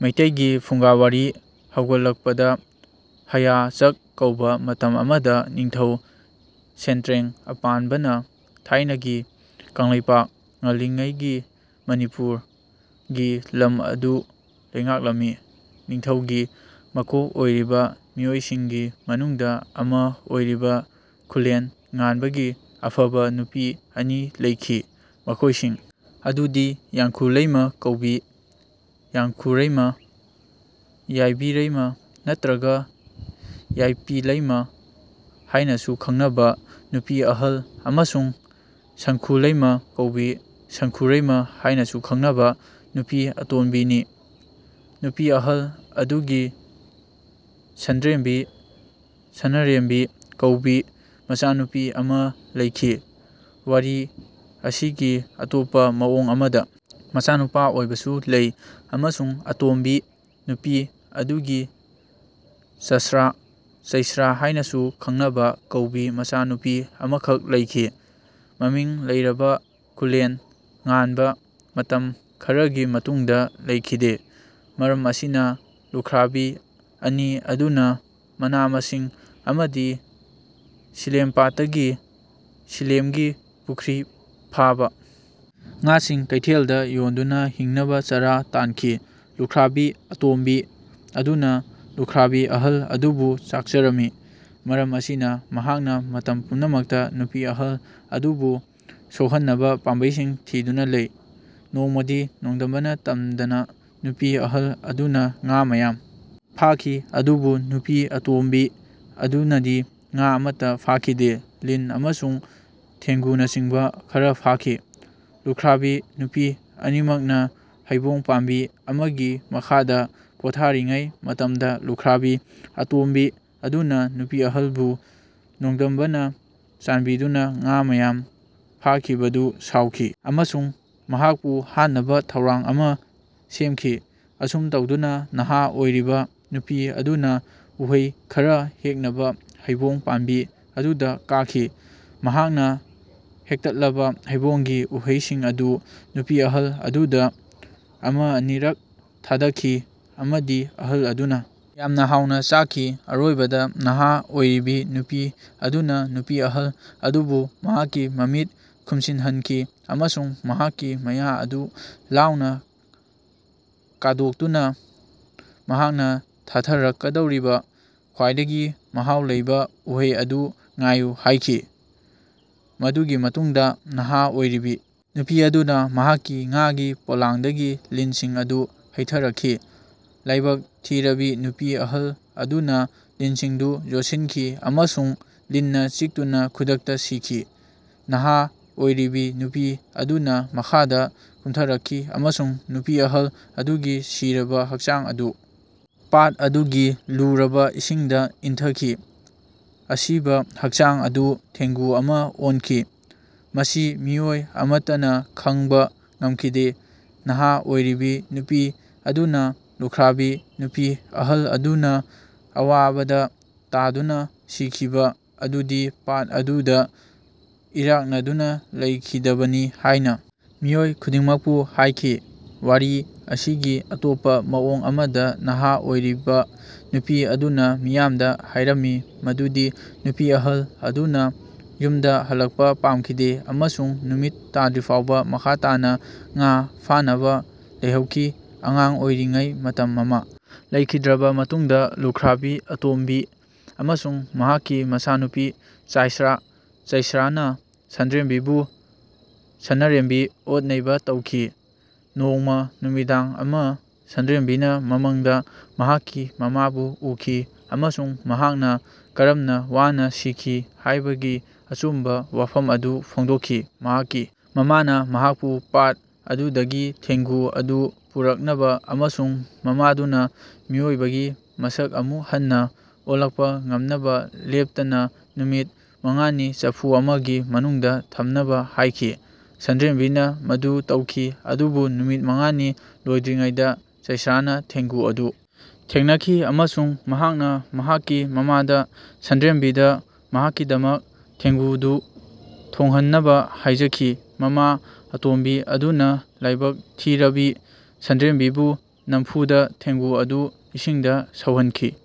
ꯃꯤꯇꯩꯒꯤ ꯐꯨꯡꯒꯥꯋꯥꯔꯤ ꯍꯧꯒꯠꯂꯛꯄꯗ ꯍꯌꯥ ꯆꯛ ꯀꯧꯕ ꯃꯇꯝ ꯑꯃꯗ ꯅꯤꯡꯊꯧ ꯁꯦꯟꯇ꯭ꯔꯦꯡ ꯑꯄꯥꯟꯕꯅ ꯊꯥꯢꯅꯒꯤ ꯀꯡꯂꯩꯄꯥꯛ (ꯉꯜꯂꯤꯉꯩꯒꯤ ꯃꯅꯤꯄꯨꯔ) ꯒꯤ ꯂꯝ ꯑꯗꯨ ꯂꯩꯉꯥꯛꯂꯝꯃꯤ꯫ ꯅꯤꯡꯊꯧꯒꯤ ꯃꯀꯣꯛ ꯑꯣꯏꯔꯤꯕ ꯃꯤꯑꯣꯏꯁꯤꯡꯒꯤ ꯃꯅꯨꯡꯗ ꯑꯃ ꯑꯣꯏꯔꯤꯕ ꯈꯨꯂꯦꯟ ꯉꯥꯟꯕꯒꯤ ꯑꯐꯕ ꯅꯨꯄꯤ ꯑꯅꯤ ꯂꯩꯈꯤ, ꯃꯈꯣꯏꯁꯤꯡ ꯑꯗꯨꯗꯤ ꯌꯥꯡꯈꯨꯂꯩꯃ ꯀꯧꯕꯤ (ꯌꯥꯡꯈꯨꯔꯩꯃ, ꯌꯥꯏꯕꯤꯔꯩꯃ ꯅꯠꯇ꯭ꯔꯒ ꯌꯥꯏꯄꯤꯂꯩꯃ ꯍꯥꯢꯅꯁꯨ ꯈꯪꯅꯕ) ꯅꯨꯄꯤ ꯑꯍꯜ ꯑꯃꯁꯨꯡ ꯁꯪꯈꯨꯂꯩꯃ ꯀꯧꯕꯤ (ꯁꯪꯈꯨꯔꯩꯃ ꯍꯥꯢꯅꯁꯨ ꯈꯪꯅꯕ) ꯅꯨꯄꯤ ꯑꯇꯣꯝꯕꯤꯅꯤ꯫ ꯅꯨꯄꯤ ꯑꯍꯜ ꯑꯗꯨꯒꯤ ꯁꯟꯗ꯭ꯔꯦꯝꯕꯤ (ꯁꯅꯔꯦꯝꯕꯤ) ꯀꯧꯕꯤ ꯃꯆꯥꯅꯨꯄꯤ ꯑꯃ ꯂꯩꯈꯤ (ꯋꯥꯔꯤ ꯑꯁꯤꯒꯤ ꯑꯇꯣꯞꯄ ꯃꯑꯣꯡ ꯑꯃꯗ ꯃꯆꯥꯅꯨꯄꯥꯑꯣꯢꯕꯁꯨ ꯂꯩ) ꯑꯃꯁꯨꯡ ꯑꯇꯣꯝꯕꯤ ꯅꯨꯄꯤ ꯑꯗꯨꯒꯤ ꯆꯁ꯭ꯔꯥ (ꯆꯩꯁ꯭ꯔꯥ ꯍꯥꯢꯅꯁꯨ ꯈꯪꯅꯕ) ꯀꯧꯕꯤ ꯃꯆꯥꯅꯨꯄꯤ ꯑꯃꯈꯛ ꯂꯩꯈꯤ꯫ ꯃꯃꯤꯡ ꯂꯩꯔꯕ ꯈꯨꯂꯦꯟ ꯉꯥꯟꯕ ꯃꯇꯝ ꯈꯔꯒꯤ ꯃꯇꯨꯡꯗ ꯂꯩꯈꯤꯗꯦ꯫ ꯃꯔꯝ ꯑꯁꯤꯅ ꯂꯨꯈ꯭ꯔꯥꯕꯤ ꯑꯅꯤ ꯑꯗꯨꯅ ꯃꯅꯥ-ꯃꯁꯤꯡ ꯑꯃꯗꯤ ꯁꯤꯂꯦꯝꯄꯥꯠꯇꯒꯤ (ꯁꯤꯂꯦꯝꯒꯤ ꯄꯨꯈ꯭ꯔꯤ) ꯐꯥꯕ ꯉꯥꯁꯤꯡ ꯀꯩꯊꯦꯜꯗ ꯌꯣꯟꯗꯨꯅ ꯍꯤꯡꯅꯕ ꯆꯔꯥ ꯇꯥꯟꯈꯤ꯫ ꯂꯨꯈ꯭ꯔꯥꯕꯤ ꯑꯇꯣꯝꯕꯤ ꯑꯗꯨꯅ ꯂꯨꯈ꯭ꯔꯥꯕꯤ ꯑꯍꯜ ꯑꯗꯨꯕꯨ ꯆꯥꯛꯆꯔꯝꯃꯤ꯫ ꯃꯔꯝ ꯑꯁꯤꯅ ꯃꯍꯥꯛꯅ ꯃꯇꯝ ꯄꯨꯝꯅꯃꯛꯇ ꯅꯨꯄꯤ ꯑꯍꯜ ꯑꯗꯨꯕꯨ ꯁꯣꯛꯍꯟꯅꯕ ꯄꯥꯝꯕꯩꯁꯤꯡ ꯊꯤꯗꯨꯅ ꯂꯩ꯫ ꯅꯣꯡꯃꯗꯤ ꯅꯣꯡꯗꯝꯕꯅ ꯇꯝꯗꯅ ꯅꯨꯄꯤ ꯑꯍꯜ ꯑꯗꯨꯅ ꯉꯥ ꯃꯌꯥꯝ ꯐꯥꯈꯤ ꯑꯗꯨꯕꯨ ꯅꯨꯄꯤ ꯑꯇꯣꯝꯕꯤ ꯑꯗꯨꯅꯗꯤ ꯉꯥ ꯑꯃꯠꯇ ꯐꯥꯈꯤꯗꯦ, ꯂꯤꯟ ꯑꯃꯁꯨꯡ ꯊꯦꯡꯒꯨꯅꯆꯤꯡꯕ ꯈꯔ ꯐꯥꯈꯤ꯫ ꯂꯨꯈ꯭ꯔꯥꯕꯤ ꯅꯨꯄꯤ ꯑꯅꯤꯃꯛꯅ ꯍꯩꯕꯣꯡ ꯄꯥꯝꯕꯤ ꯑꯃꯒꯤ ꯃꯈꯥꯗ ꯄꯣꯊꯥꯔꯤꯉꯩ ꯃꯇꯝꯗ ꯂꯨꯈ꯭ꯔꯥꯕꯤ ꯑꯇꯣꯝꯕꯤ ꯑꯗꯨꯅ ꯅꯨꯄꯤ ꯑꯍꯜꯕꯨ ꯅꯣꯡꯗꯝꯕꯅ ꯆꯥꯟꯕꯤꯗꯨꯅ ꯉꯥ ꯃꯌꯥꯝ ꯐꯥꯈꯤꯕꯗꯨ ꯁꯥꯎꯈꯤ ꯑꯃꯁꯨꯡ ꯃꯍꯥꯛꯄꯨ ꯍꯥꯠꯅꯕ ꯊꯧꯔꯥꯡ ꯑꯃ ꯁꯦꯝꯈꯤ꯫ ꯑꯁꯨꯝ ꯇꯧꯗꯨꯅ ꯅꯍꯥ ꯑꯣꯏꯔꯤꯕ ꯅꯨꯄꯤ ꯑꯗꯨꯅ ꯎꯍꯩ ꯈꯔ ꯍꯦꯛꯅꯕ ꯍꯩꯕꯣꯡ ꯄꯥꯝꯕꯤ ꯑꯗꯨꯗ ꯀꯥꯈꯤ꯫ ꯃꯍꯥꯛꯅ ꯍꯦꯛꯇꯠꯂꯕ ꯍꯩꯕꯣꯡꯒꯤ ꯎꯍꯩꯁꯤꯡ ꯑꯗꯨ ꯅꯨꯄꯤ ꯑꯍꯜ ꯑꯗꯨꯗ ꯑꯃ ꯑꯅꯤꯔꯛ ꯊꯥꯗꯈꯤ ꯑꯃꯗꯤ ꯑꯍꯜ ꯑꯗꯨꯅ ꯌꯥꯝꯅ ꯍꯥꯎꯅ ꯆꯥꯈꯤ꯫ ꯑꯔꯣꯢꯕꯗ, ꯅꯍꯥ ꯑꯣꯢꯔꯤꯕꯤ ꯅꯨꯄꯤ ꯑꯗꯨꯅ ꯅꯨꯄꯤ ꯑꯍꯜ ꯑꯗꯨꯕꯨ ꯃꯍꯥꯛꯀꯤ ꯃꯃꯤꯠ ꯈꯨꯝꯁꯤꯟꯍꯟꯈꯤ ꯑꯃꯁꯨꯡ ꯃꯍꯥꯛꯀꯤ ꯃꯌꯥ ꯑꯗꯨ ꯂꯥꯎꯅ ꯀꯥꯗꯣꯛꯇꯨꯅ ꯃꯍꯥꯛꯅ ꯊꯥꯊꯔꯛꯀꯗꯧꯔꯤꯕ ꯈ꯭ꯋꯥꯢꯗꯒꯤ ꯃꯍꯥꯎ ꯂꯩꯕ ꯎꯍꯩ ꯑꯗꯨ ꯉꯥꯢꯌꯨ ꯍꯥꯢꯈꯤ꯫ ꯃꯗꯨꯒꯤ ꯃꯇꯨꯡꯗ ꯅꯍꯥ ꯑꯣꯢꯔꯤꯕꯤ ꯅꯨꯄꯤ ꯑꯗꯨꯅ ꯃꯍꯥꯛꯀꯤ ꯉꯥꯒꯤ ꯄꯣꯂꯥꯡꯗꯒꯤ ꯂꯤꯟꯁꯤꯡ ꯑꯗꯨ ꯍꯩꯊꯔꯛꯈꯤ꯫ ꯂꯥꯢꯕꯛ ꯊꯤꯔꯕꯤ ꯅꯨꯄꯤ ꯑꯍꯜ ꯑꯗꯨꯅ ꯂꯤꯟꯁꯤꯡꯗꯨ ꯌꯣꯠꯁꯤꯟꯈꯤ ꯑꯃꯁꯨꯡ ꯂꯤꯟꯅ ꯆꯤꯛꯇꯨꯅ ꯈꯨꯗꯛꯇ ꯁꯤꯈꯤ꯫ ꯅꯍꯥ ꯑꯣꯢꯔꯤꯕꯤ ꯅꯨꯄꯤ ꯑꯗꯨꯅ ꯃꯈꯥꯗ ꯀꯨꯝꯊꯔꯛꯈꯤ ꯑꯃꯁꯨꯡ ꯅꯨꯄꯤ ꯑꯍꯜ ꯑꯗꯨꯒꯤ ꯁꯤꯔꯕ ꯍꯛꯆꯥꯡ ꯑꯗꯨ ꯄꯥꯠ ꯑꯗꯨꯒꯤ ꯂꯨꯔꯕ ꯏꯁꯤꯡꯗ ꯏꯟꯊꯈꯤ꯫ ꯑꯁꯤꯕ ꯍꯛꯆꯥꯡ ꯑꯗꯨ ꯊꯦꯡꯒꯨ ꯑꯃ ꯑꯣꯟꯈꯤ꯫ ꯃꯁꯤ ꯃꯤꯑꯣꯢ ꯑꯃꯠꯇꯅ ꯈꯡꯕ ꯉꯝꯈꯤꯗꯦ꯫ ꯅꯍꯥ ꯑꯣꯢꯔꯤꯕꯤ ꯅꯨꯄꯤ ꯑꯗꯨꯅ ꯂꯨꯈ꯭ꯔꯥꯕꯤ ꯅꯨꯄꯤ ꯑꯍꯜ ꯑꯗꯨꯅ ꯑꯋꯥꯕꯗ ꯇꯥꯗꯨꯅ ꯁꯤꯈꯤꯕ ꯑꯗꯨꯗꯤ ꯄꯥꯠ ꯑꯗꯨꯗ ꯏꯔꯥꯛꯅꯗꯨꯅ ꯂꯩꯈꯤꯗꯕꯅꯤ ꯍꯥꯢꯅ ꯃꯤꯑꯣꯏ ꯈꯨꯗꯤꯡꯃꯛꯄꯨ ꯍꯥꯏꯈꯤ꯫ ꯋꯥꯔꯤ ꯑꯁꯤꯒꯤ ꯑꯇꯣꯞꯄ ꯃꯑꯣꯡ ꯑꯃꯗ ꯅꯍꯥ ꯑꯣꯏꯔꯤꯕ ꯅꯨꯄꯤ ꯑꯗꯨꯅ ꯃꯤꯌꯥꯝꯗ ꯍꯥꯏꯔꯝꯃꯤ ꯃꯗꯨꯗꯤ ꯅꯨꯄꯤ ꯑꯍꯜ ꯑꯗꯨꯅ ꯌꯨꯝꯗ ꯍꯜꯂꯛꯄ ꯄꯥꯝꯈꯤꯗꯦ ꯑꯃꯁꯨꯡ ꯅꯨꯃꯤꯠ ꯇꯥꯗ꯭ꯔꯤꯐꯥꯎꯕ ꯃꯈꯥ ꯇꯥꯅ ꯉꯥ ꯐꯥꯅꯕ ꯂꯩꯍꯧꯈꯤ꯫ ꯑꯉꯥꯡ ꯑꯣꯢꯔꯤꯉꯩ ꯃꯇꯝ ꯃꯃꯥ ꯂꯩꯈꯤꯗ꯭ꯔꯕ ꯃꯇꯨꯡꯗ ꯂꯨꯈ꯭ꯔꯥꯕꯤ ꯑꯇꯣꯝꯕꯤ ꯑꯃꯁꯨꯡ ꯃꯍꯥꯛꯀꯤ ꯃꯆꯥꯅꯨꯄꯤ ꯆꯥꯢꯁ꯭ꯔꯥ (ꯆꯩꯁ꯭ꯔꯥ) ꯅ ꯁꯟꯗ꯭ꯔꯦꯝꯕꯤꯕꯨ (ꯁꯅꯔꯦꯝꯕꯤ) ꯑꯣꯠ-ꯅꯩꯕ ꯇꯧꯈꯤ꯫ ꯅꯣꯡꯃ ꯅꯨꯃꯤꯗꯥꯡ ꯑꯃ, ꯁꯟꯗ꯭ꯔꯦꯝꯕꯤꯅ ꯃꯃꯪꯗ ꯃꯍꯥꯛꯀꯤ ꯃꯃꯥꯕꯨ ꯎꯈꯤ ꯑꯃꯁꯨꯡ ꯃꯍꯥꯛꯅ ꯀꯔꯝꯅ ꯋꯥꯅꯥ ꯁꯤꯈꯤ ꯍꯥꯢꯕꯒꯤ ꯑꯆꯨꯝꯕ ꯋꯥꯐꯝ ꯑꯗꯨ ꯐꯣꯡꯗꯣꯛꯈꯤ꯫ ꯃꯍꯥꯛꯀꯤ ꯃꯃꯥꯅ ꯃꯍꯥꯛꯄꯨ ꯄꯥꯠ ꯑꯗꯨꯗꯒꯤ ꯊꯦꯡꯒꯨ ꯑꯗꯨ ꯄꯨꯔꯛꯅꯕ ꯑꯃꯁꯨꯡ ꯃꯃꯥꯗꯨꯅ ꯃꯤꯑꯣꯢꯕꯒꯤ ꯃꯁꯛ ꯑꯃꯨꯛ ꯍꯟꯅ ꯑꯣꯟꯊꯣꯛꯄ ꯉꯝꯅꯕ ꯂꯦꯞꯇꯅ ꯅꯨꯃꯤꯠ ꯃꯉꯥꯅꯤ ꯆꯐꯨ ꯑꯃꯒꯤ ꯃꯅꯨꯡꯗ ꯊꯝꯅꯕ ꯍꯥꯢꯈꯤ꯫ ꯁꯟꯗ꯭ꯔꯦꯝꯕꯤꯅ ꯃꯗꯨ ꯇꯧꯈꯤ ꯑꯗꯨꯕꯨ ꯅꯨꯃꯤꯠ ꯃꯉꯥꯅꯤ ꯂꯣꯢꯗ꯭ꯔꯤꯉꯩꯗ ꯆꯩꯁ꯭ꯔꯥꯅ ꯊꯦꯡꯒꯨ ꯑꯗꯨ ꯊꯦꯡꯅꯈꯤ ꯑꯃꯁꯨꯡ ꯃꯍꯥꯛꯅ ꯃꯍꯥꯛꯀꯤ ꯃꯃꯥꯗ ꯁꯟꯗ꯭ꯔꯦꯝꯕꯤꯗ ꯃꯍꯥꯛꯀꯤꯗꯃꯛ ꯊꯦꯡꯒꯨꯗꯨ ꯊꯣꯡꯍꯟꯅꯕ ꯍꯥꯢꯖꯈꯤ꯫ ꯃꯃꯥ ꯑꯇꯣꯝꯕꯤ ꯑꯗꯨꯅ ꯂꯥꯢꯕꯛ ꯊꯤꯔꯕꯤ ꯁꯟꯗ꯭ꯔꯦꯝꯕꯤꯕꯨ ꯅꯝꯐꯨꯗ ꯊꯦꯡꯒꯨ ꯑꯗꯨ ꯏꯁꯤꯡꯗ ꯁꯧꯍꯟꯈꯤ꯫